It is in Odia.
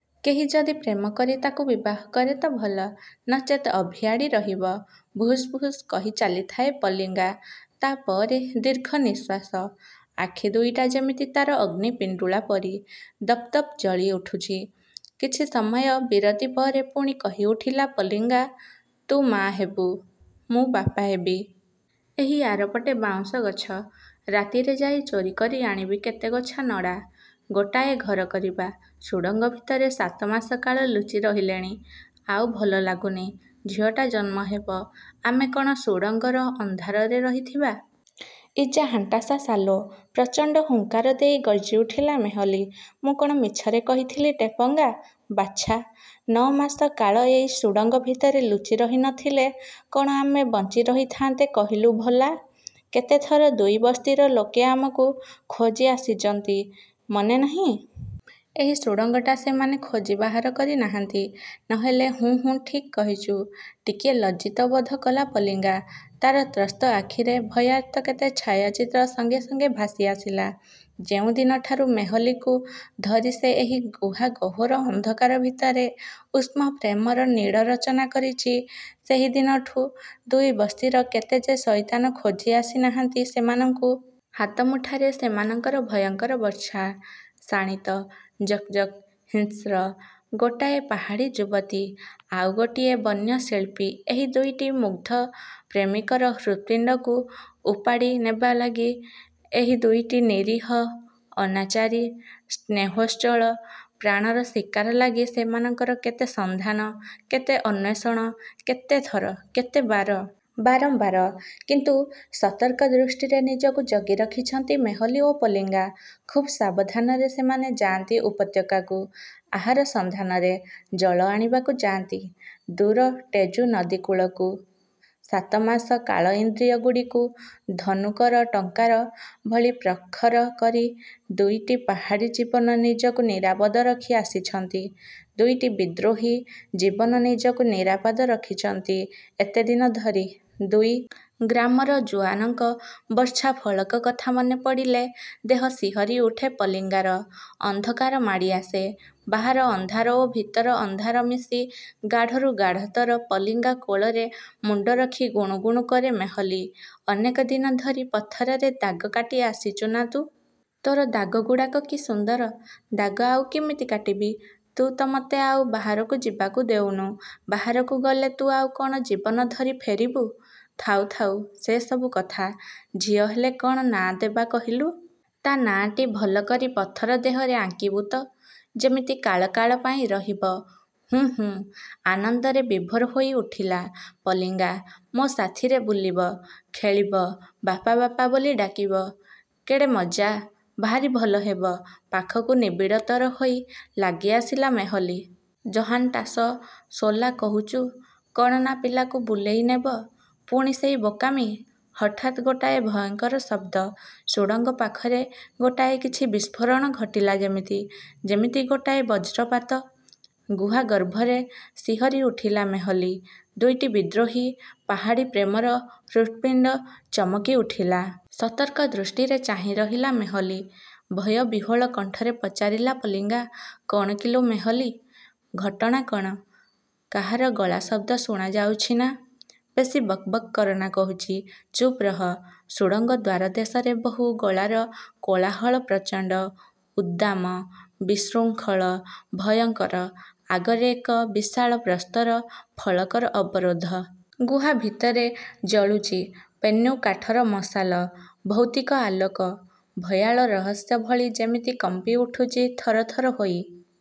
କେହି ଯଦି ପ୍ରେମ କରି ତାକୁ ବିବାହ କରେ ତ ଭଲ, ନଚେତ ଅଭିଆଡ଼ୀ ରହିବ। ଭୁସ୍ ଭୁସ୍ କହିଚାଲିଥାଏ ପଲିଙ୍ଗା। ତା ପରେ ଦୀର୍ଘ ନିଶ୍ୱାସ। ଆଖି ଦୁଇଟା ଯେମିତି ତାର ଅଗ୍ନିପିଣ୍ଡୁଳା ପରି ଦପ୍ଦପ୍ ଜଳିଉଠୁଚି। କିଛି ସମୟ ବିରତି ପରେ ପୁଣି କହି ଉଠିଲା ପଲିଙ୍ଗା ତୁ ମା ହେବୁ, ମୁଁ ବାପା ହେବି। ଏହି ଆରପଟେ ବାଉଁଶ ଗଛ। ରାତିରେ ଯାଇ ଚୋରି କରି ଆଣିବି କେତେ ଗୋଛା ନଡ଼ା। ଗୋଟାଏ ଘର କରିବା। ସୁଡ଼ଙ୍ଗ ଭିତରେ ସାତ ମାସ କାଳ ଲୁଚି ରହିଲେଣି। ଆଉ ଭଲ ଲାଗୁନି। ଝିଅଟା ଜନ୍ମ ହେବ। ଆମେ କ'ଣ ସୁଡ଼ଙ୍ଗର ଅନ୍ଧାରରେ ରହିଥିବା? ଇଜାହାଣ୍ଟାସା ସାଲୋ। ପ୍ରଚଣ୍ଡ ହୁଙ୍କାର ଦେଇ ଗର୍ଜିଉଠିଲା ମେହଲୀ। ମୁଁ କଣ ମିଛରେ କହିଥିଲି ଟେପଙ୍ଗା। ବାଚ୍ଛା। ନଅ ମାସ କାଳ ଏ ସୁଡ଼ଙ୍ଗ ଭିତରେ ଲୁଚି ରହି ନ ଥିଲେ, କ'ଣ ଆମେ ବଞ୍ଚି ରହିଥାଆନ୍ତେ କହିଲୁ ଭଲା! କେତେଥର ଦୁଇ ବସ୍ତିର ଲୋକେ ଆମକୁ ଖୋଜି ଆସିଚନ୍ତି, ମନେ ନାହିଁ? ଏହି ସୁଡ଼ଙ୍ଗଟା ସେମାନେ ଖୋଜି ବାହାର କରି ନାହାନ୍ତି, ନ ହେଲେ ହୁଁ, ହୁଁ, ଠିକ୍ କହିଚୁ। ଟିକିଏ ଲଜ୍ଜିତ ବୋଧ କଲା ପଲିଙ୍ଗା। ତାର ତ୍ରସ୍ତ ଆଖିରେ ଭୟାର୍ତ୍ତ କେତେ ଛାୟାଚିତ୍ର ସଙ୍ଗେ ସଙ୍ଗେ ଭାସିଆସିଲା। ଯେଉଁଦିନଠାରୁ ମେହଲୀକୁ ଧରି ସେ ଏହି ଗୁହାଗହ୍ୱର ଅନ୍ଧକାର ଭିତରେ ଉଷ୍ଣପ୍ରେମର ନୀଡ଼ ରଚନା କରିଚି, ସେହି ଦିନଠୁ ଦୁଇ ବସ୍ତିର କେତେ ଯେ ଶଇତାନ ଖୋଜି ଆସି ନାହାନ୍ତି ସେମାନଙ୍କୁ! ହାତ ମୁଠାରେ ସେମାନଙ୍କର ଭୟଙ୍କର ବର୍ଚ୍ଛା। ଶାଣିତ, ଜକ୍ ଜକ୍, ହିଂସ୍ର। ଗୋଟାଏ ପାହାଡ଼ୀ ଯୁବତୀ, ଆଉ ଗୋଟିଏ ବନ୍ୟ ଶିଳ୍ପୀଏହି ଦୁଇଟି ମୁଗ୍ଧ ପ୍ରେମିକର ହୃତ୍ପିଣ୍ଡକୁ ଉପାଡ଼ିନେବା ଲାଗି, ଏହି ଦୁଇଟି ନିରୀହ, ଅନାଚାରୀ, ସ୍ନେହୋତ୍ସଳ ପ୍ରାଣର ଶିକାର ଲାଗି ସେମାନଙ୍କର କେତେ ସନ୍ଧାନ, କେତେ ଅନ୍ୱେଷଣ କେତେ ଥର, କେତେ ବାର! ବାରମ୍ବାର! କିନ୍ତୁ ସତର୍କ ଦୃଷ୍ଟିରେ ନିଜକୁ ଜଗି ରଖିଛନ୍ତି ମେହଲୀ ଓ ପଲିଙ୍ଗା। ଖୁବ୍ ସାବଧାନରେ ସେମାନେ ଯାଆନ୍ତି ଉପତ୍ୟକାକୁ ଆହାର ସନ୍ଧାନରେ, ଜଳ ଆଣିବାକୁ ଯାଆନ୍ତି ଦୂର ଟେଜୁ ନଦୀ କୂଳକୁ। ସାତମାସ କାଳ ଇନ୍ଦ୍ରିୟଗୁଡ଼ିକୁ ଧନୁକର ଟଙ୍କାର ଭଳି ପ୍ରଖର କରି ଦୁଇଟି ପାହାଡ଼ୀ ଜୀବନ ନିଜକୁ ନିରାପଦ ରଖି ଆସିଛନ୍ତି; ଦୁଇଟି ବିଦ୍ରୋହୀ ଜୀବନ ନିଜକୁ ନିରାପଦ ରଖିଚନ୍ତି ଏତେଦିନ ଧରି। ଦୁଇ ଗ୍ରାମର ଜୁଆନଙ୍କ ବର୍ଚ୍ଛାଫଳକ କଥା ମନେପଡ଼ିଲେ ଦେହ ଶିହରି ଉଠେ ପଲିଙ୍ଗାର। ଅନ୍ଧକାର ମାଡ଼ି ଆସେ। ବାହାର ଅନ୍ଧାର ଓ ଭିତର ଅନ୍ଧାର ମିଶି ଗାଢ଼ରୁ ଗାଢ଼ତର। ପଲିଙ୍ଗା କୋଳରେ ମୁଣ୍ଡ ରଖି ଗୁଣୁ ଗୁଣୁ କରେ ମେହଲୀ। ଅନେକ ଦିନ ଧରି ପଥରରେ ଦାଗ କାଟି ଆସିଚୁ ନା ତୁ? ତୋର ଦାଗଗୁଡ଼ାକ କି ସୁନ୍ଦର! ଦାଗ ଆଉ କିମିତି କାଟିବି? ତୁ ତ ମତେ ଆଉ ବାହାରକୁ ଯିବାକୁ ଦେଉନୁ। ବାହାରକୁ ଗଲେ ତୁ ଆଉ କ'ଣ ଜୀବନ ଧରି ଫେରିବୁ? ଥାଉ ଥାଉ ସେସବୁ କଥା। ଝିଅ ହେଲେ କ'ଣ ନାଁ ଦେବା କହିଲୁ? ତା ନାଁଟି ଭଲ କରି ପଥର ଦେହରେ ଆଙ୍କିବୁ ତ? ଯେମିତି କାଳ କାଳ ପାଇଁ ରହିବ। ହୁଁ, ହୁଁ। ଆନନ୍ଦରେ ବିଭୋର ହୋଇଉଠିଲା ପଲିଙ୍ଗା। ମୋ ସାଥିରେ ବୁଲିବ, ଖେଳିବ, ବାପା ବାପା ବୋଲି ଡାକିବ। କେଡ଼େ ମଜା! ଭାରି ଭଲ ହେବ। ପାଖକୁ ନିବିଡ଼ତର ହୋଇ ଲାଗିଆସିଲା ମେହଲୀ। ଜହାଣ୍ଟାସ ସୋଲାକହୁଚୁ କ'ଣ ନା ପିଲାକୁ ବୁଲେଇ ନେବ। ପୁଣି ସେଇ ବୋକାମି! ହଠାତ୍ ଗୋଟାଏ ଭୟଙ୍କର ଶବ୍ଦ। ସୁଡ଼ଙ୍ଗ ପାଖରେ ଗୋଟାଏ କିଛି ବିସ୍ଫୋରଣ ଘଟିଲା ଯେମିତି। ଯେମିତି ଗୋଟାଏ ବଜ୍ରପାତ। ଗୁହାଗର୍ଭରେ ଶିହରି ଉଠିଲା ମେହଲୀ। ଦୁଇଟି ବିଦ୍ରୋହୀ ପାହାଡ଼ୀ ପ୍ରେମର ହୃତ୍ପିଣ୍ଡ ଚମକି ଉଠିଲା। ସତର୍କ ଦୃଷ୍ଟିରେ ଚାହିଁରହିଲା ମେହଲୀ। ଭୟବିହ୍ୱଳ କଣ୍ଠରେ ପଚାରିଲା ପଲିଙ୍ଗା କ'ଣ କିଲୋ ମେହଲୀ, ଘଟଣା କ'ଣ? କାହାର ଗଳାଶବ୍ଦ ଶୁଣାଯାଉଛି ନା? ବେଶି ବକ୍ ବକ୍ କରନା କହୁଚି। ଚୁପ୍ ରହ। ସୁଡ଼ଙ୍ଗ ଦ୍ୱାରଦେଶରେ ବହୁ ଗଳାର କୋଳାହଳ ପ୍ରଚଣ୍ଡ, ଉଦ୍ଦାମ, ବିଶୃଙ୍ଖଳ, ଭୟଙ୍କର! ଆଗରେ ଏକ ବିଶାଳ ପ୍ରସ୍ତର ଫଳକର ଅବରୋଧ। ଗୁହା ଭିତରେ ଜଳୁଚି ପେନ୍ୟୁ କାଠର ମଶାଲ। ଭୌତିକ ଆଲୋକ, ଭୟାଳ ରହସ୍ୟ ଭଳି ଯେମିତି କମ୍ପି ଉଠୁଚି ଥର ଥର ହୋଇ।